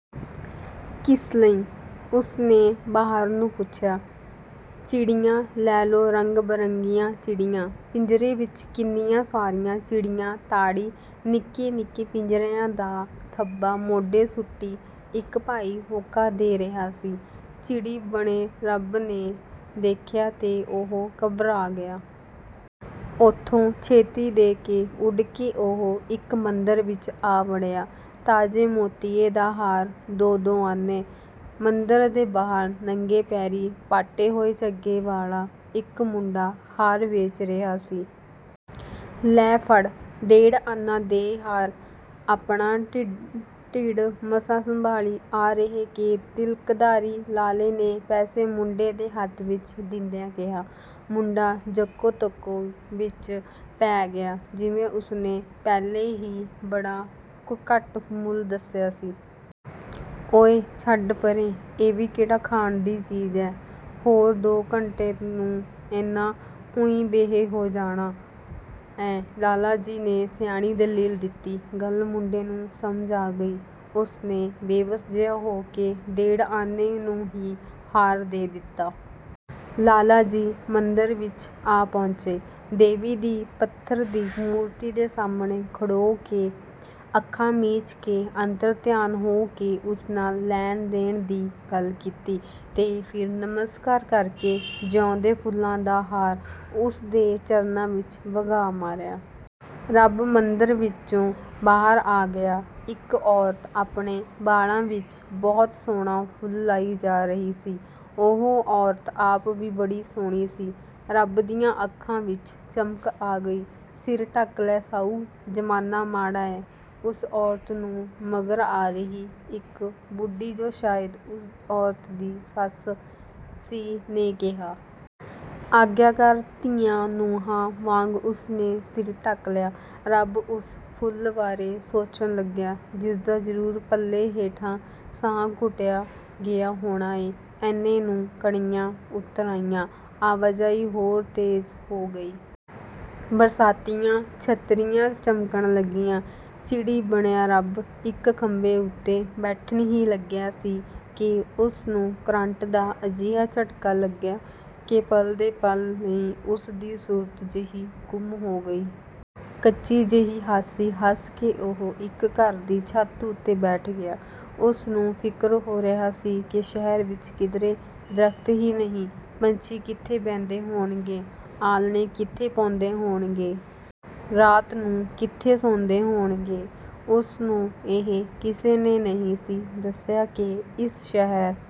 ਕਿਸ ਲਈ? '' ਉਸ ਨੇ ਬਹਾਰ ਨੂੰ ਪੁੱਛਿਆ। ''ਚਿੜੀਆਂ ਲੈ ਲੋ ਰੰਗ ਬਰੰਗੀਆਂ ਚਿੜੀਆਂ''! ਪਿੰਜਰੇ ਵਿੱਚ ਕਿੰਨੀਆਂ ਸਾਰੀਆਂ ਚਿੜੀਆਂ ਤਾੜੀ, ਨਿੱਕੇ-ਨਿੱਕੇ ਪਿੰਜਰਿਆਂ ਦਾ ਥੱਬਾ ਮੋਢੇ ਸੁੱਟੀ ਇੱਕ ਭਾਈ ਹੋਕਾ ਦੇ ਰਿਹਾ ਸੀ। ਚਿੜੀ ਬਣੇ ਰੱਬ ਨੇ ਦੇਖਿਆ ਤੇ ਉਹ ਘਬਰਾ ਗਿਆ। ਉਥੋਂ ਛੇਤੀ ਦੇ ਕੇ ਉਡ ਕੇ ਉਹ ਇੱਕ ਮੰਦਰ ਵਿੱਚ ਆ ਵੜਿਆ। ''ਤਾਜ਼ੇ ਮੋਤੀਏ ਦਾ ਹਾਰ ਦੋ ਦੋ ਆਨੇ"। ਮੰਦਰ ਦੇ ਬਾਹਰ ਨੰਗੇ ਪੈਰੀਂ ਪਾਟੇ ਹੋਏ ਝੱਗੇ ਵਾਲਾ ਇੱਕ ਮੁੰਡਾ ਹਾਰ ਵੇਚ ਰਿਹਾ ਸੀ। ''ਲੈ ਫੜ ਡੇਢ ਆਨਾ ਦੇ ਹਾਰ'' ਆਪਣਾ ਢਿੜ ਮਸਾਂ ਸੰਭਾਲੀਂ ਆ ਰਹੇ ਕਿ ਤਿਲਕਧਾਰੀ ਲਾਲੇ ਨੇ ਪੈਸੇ ਮੁੰਡੇ ਦੇ ਹੱਥ ਵਿੱਚ ਦਿੰਦਿਆਂ ਕਿਹਾ। ਮੁੰਡਾ-ਜੱਕੋ ਤੱਕੋ ਵਿੱਚ ਪੈ ਗਿਆ। ਜਿਵੇਂ ਉਸ ਨੇ ਪਹਿਲੇ ਹੀ ਬੜਾ ਘੱਟ ਮੁੱਲ ਦੱਸਿਆ ਸੀ। ''ਓਏ ਛੱਡ ਪਰੇ ਇਹ ਵੀ ਕਿਹੜਾ ਖਾਣ ਦੀ ਚੀਜ਼ ਐ। ਹੋਰ ਦੋ ਘੰਟੇ ਨੂੰ ਇਨ੍ਹਾਂ ਊਈਂ ਬੇਹੇ ਹੋ ਜਾਣਾ ਐ,'ਲਾਲਾ ਜੀ ਨੇ ਸਿਆਣੀ ਦਲੀਲ ਦਿੱਤੀ। ਗੱਲ ਮੁੰਡੇ ਨੂੰ ਸਮਝ ਆ ਗਈ। ਉਸ ਨੇ ਬੇਵੱਸ ਜਿਹਾ ਹੋ ਕੇ ਡੇਢ ਆਨੇ ਨੂੰ ਹੀ ਹਾਰ ਦੇ ਦਿੱਤਾ। ਲਾਲਾ ਜੀ ਮੰਦਰ ਵਿੱਚ ਆ ਪਹੁੰਚੇ। ਦੇਵੀ ਦੀ ਪੱਥਰ ਦੀ ਮੂਰਤੀ ਦੇ ਸਾਹਮਣੇ ਖੜੋ ਕੇ, ਅੱਖਾਂ ਮੀਚ ਕੇ, ਅੰਤਰ ਧਿਆਨ ਹੋ ਕੇ ਉਸ ਨਾਲ ਲੈਣ-ਦੇਣ ਦੀ ਗੱਲ ਕੀਤੀ ਤੇ ਫਿਰ ਨਮਸਕਾਰ ਕਰਕੇ ਜਿਊਂਦੇ ਫੁੱਲਾਂ ਦਾ ਹਾਰ ਉਸ ਦੇ ਚਰਨਾਂ ਵਿੱਚ ਵਗਾਹ ਮਾਰਿਆ। ਰੱਬ ਮੰਦਰ ਵਿਚੋਂ ਬਾਹਰ ਆ ਗਿਆ। ਇੱਕ ਔਰਤ ਆਪਣੇ ਵਾਲਾਂ ਵਿੱਚ ਬਹੁਤ ਸੋਹਣਾ ਫੁੱਲ ਲਾਈ ਜਾ ਰਹੀ ਸੀ। ਉਹ ਔਰਤ ਆਪ ਵੀ ਬੜੀ ਸੋਹਣੀ ਸੀ। ਰੱਬ ਦੀਆਂ ਅੱਖਾਂ ਵਿੱਚ ਚਮਕ ਆ ਗਈ। ''ਸਿਰ ਢੱਕ ਲੈ ਸਾਊ ਜ਼ਮਾਨਾ ਮਾੜਾ ਐ'' ਉਸ ਔਰਤ ਨੂੰ ਮਗਰ ਆ ਰਹੀ ਇੱਕ ਬੁਢੀ ਜੋ ਸ਼ਾਇਦ ਉਸ ਔਰਤ ਦੀ ਸੱਸ ਸੀ, ਨੇ ਕਿਹਾ। ਆਗਿਆਕਾਰ ਧੀਆਂ-ਨੂੰਹਾਂ ਵਾਂਗ ਉਸ ਨੇ ਸਿਰ ਢੱਕ ਲਿਆ। ਰੱਬ ਉਸ ਫੁੱਲ ਬਾਰੇ ਸੋਚਣ ਲੱਗਿਆ ਜਿਸ ਦਾ ਜ਼ਰੂਰ ਪੱਲੇ ਹੇਠਾਂ ਸਾਹ ਘੁਟਿਆ ਗਿਆ ਹੋਣਾ ਏਂ। ਏਨੇ ਨੂੰ ਕਣੀਆਂ ਉਤਰ ਆਈਆਂ। ਆਵਾਜਾਈ ਹੋਰ ਤੇਜ਼ ਹੋ ਗਈ। ਬਰਸਾਤੀਆਂ, ਛਤਰੀਆਂ ਚਮਕਣ ਲੱਗੀਆਂ। ਚਿੜੀ ਬਣਿਆ ਰੱਬ ਇੱਕ ਖੰਭੇ ਉਤੇ ਬੈਠਣ ਹੀ ਲੱਗਿਆ ਸੀ ਕਿ ਉਸ ਨੂੰ ਕਰੰਟ ਦਾ ਅਜਿਹਾ ਝਟਕਾ ਲੱਗਿਆ ਕਿ ਪਲ ਦੇ ਪਲ ਲਈ ਉਸ ਦੀ ਸੁਰਤ ਜਿਹੀ ਗੁੰਮ ਹੋ ਗਈ। ਕੱਚੀ ਜਿਹੀ ਹਾਸੀ ਹੱਸ ਕੇ ਉਹ ਇੱਕ ਘਰ ਦੀ ਛੱਤ ਉਤੇ ਬੈਠ ਗਿਆ। ਉਸ ਨੂੰ ਫਿਕਰ ਹੋ ਰਿਹਾ ਸੀ ਕਿ ਸ਼ਹਿਰ ਵਿੱਚ ਕਿਧਰੇ ਦਰੱਖਤ ਹੀ ਨਹੀਂ ਪੰਛੀ ਕਿੱਥੇ ਬਹਿੰਦੇ ਹੋਣਗੇ? ਆਲ੍ਹਣੇ ਕਿੱਥੇ ਪਾਉਂਦੇ ਹੋਣਗੇ? ਰਾਤ ਨੂੰ ਕਿੱਥੇ ਸੌਂਦੇ ਹੋਣਗੇ? ਉਸ ਨੂੰ ਇਹ ਕਿਸੇ ਨੇ ਨਹੀਂ ਸੀ ਦੱਸਿਆ ਕਿ ਇਸ ਸ਼ਹਿਰ